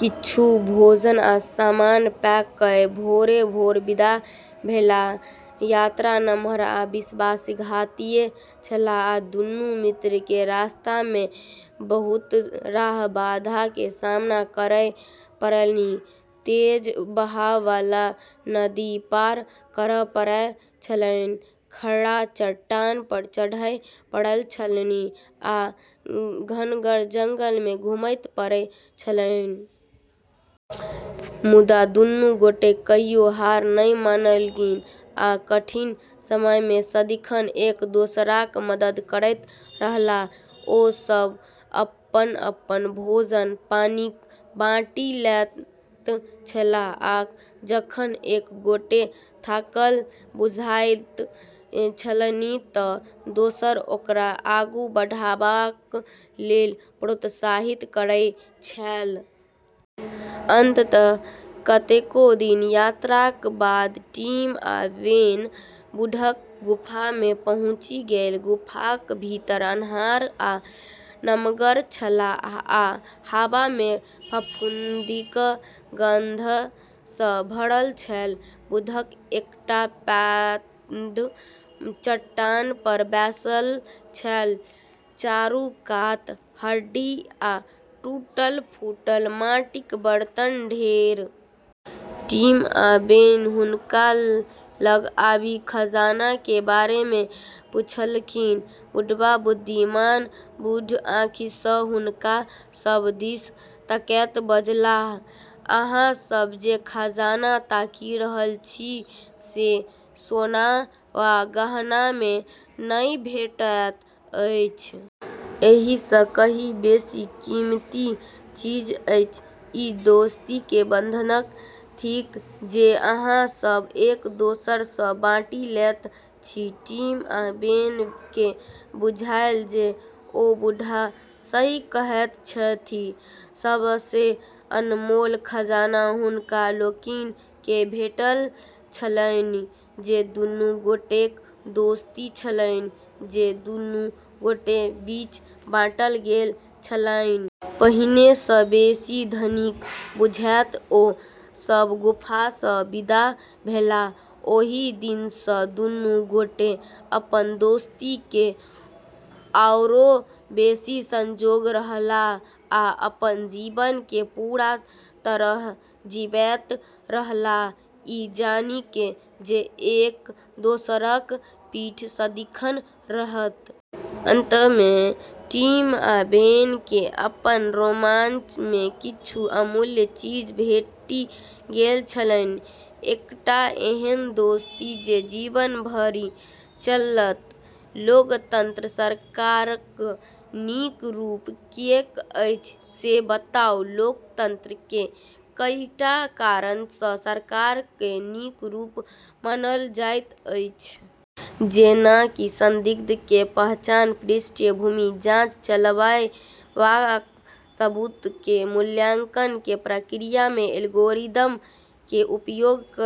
किछु भोजन आ सामान पैक कए भोरे-भोर विदा भेलाह। यात्रा नमहर आ विश्वासघाती छल, आ दुनू मित्र के रास्ता मे बहुत रास बाधा के सामना करय पड़लनि। तेज बहय बला नदी पार करय पड़ैत छलनि, खड़ा चट्टान पर चढ़य पड़ैत छलनि आ घनगर जंगल मे घुमय पड़ैत छलनि। मुदा दुनू गोटे कहियो हार नहि मानलनि आ कठिन समय मे सदिखन एक-दोसराक मदद करैत रहलाह। ओ सभ अपन-अपन भोजन-पानि बाँटि लैत छल, आ जखन एक गोटेकेँ थाकल बुझाइत छलनि तँ दोसर ओकरा आगू बढ़बाक लेल प्रोत्साहित करैत छल। अंततः कतेको दिनक यात्राक बाद टिम आ बेन बूढ़क गुफा मे पहुँचि गेल। गुफाक भीतर अन्हार आ नमगर छल आ हवा मे फफूंदीक गंध सँ भरल छल। बूढ़ एकटा पैघ चट्टान पर बैसल छल, चारू कात हड्डी आ टूटल-फूटल माटिक बर्तनक ढेर। टिम आ बेन हुनका लग आबि खजाना के बारे मे पूछलखिन। बुढ़बा बुद्धिमान, बूढ़ आँखि सँ हुनका सभ दिस तकैत बजलाह, "अहाँ सभ जे खजाना ताकि रहल छी से सोना वा गहना मे नहि भेटैत अछि। एहि सँ कहीं बेसी कीमती चीज अछि। ई दोस्ती के बंधन थिक जे अहाँ सभ एक-दोसर सँ बाँटि लैत छी।" टिम आ बेन केँ बुझायल जे ओ बुढ़ा सही कहैत छथि। सबसँ अनमोल खजाना हुनका लोकनि केँ भेटल छलनि जे दुनू गोटेक दोस्ती छलनि जे दुनू गोटेक बीच बाँटल गेल छलनि। पहिनेसँ बेसी धनिक बुझैत ओ सभ गुफासँ विदा भेलाह। ओहि दिन सँ दुनू गोटे अपन दोस्ती केँ आओर बेसी संजोगैत रहलाह आ अपन जीवन केँ पूरा तरहेँ जीबैत रहलाह, ई जानि जे एक-दोसरक पीठ सदिखन रहत। अंत मे टिम आ बेन केँ अपन रोमांच मे किछु अमूल्य चीज भेटि गेल छलनि: एकटा एहन दोस्ती जे जीवन भरि चलत। लोकतंत्र सरकारक नीक रूप किएक अछि से बताउ। लोकतंत्र कें कईटा कारण सँ सरकार क नीक रूप मानल जाइत अछि। जेना कि संदिग्ध के पहचान, पृष्ठभूमि जाँच चलबय वा सबूत के मूल्यांकन के प्रक्रिया मे एल्गोरिदम के उपयोग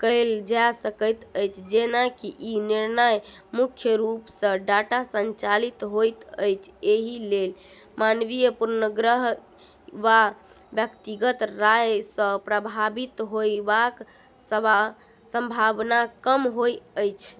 कएल जा सकैत अछि। जेना कि ई निर्णय मुख्य रूप सँ डाटा संचालित होइत अछि, एहि लेल मानवीय पूर्वाग्रह वा व्यक्तिगत राय सँ प्रभावित होयबाक संभावना कम होइत अछि।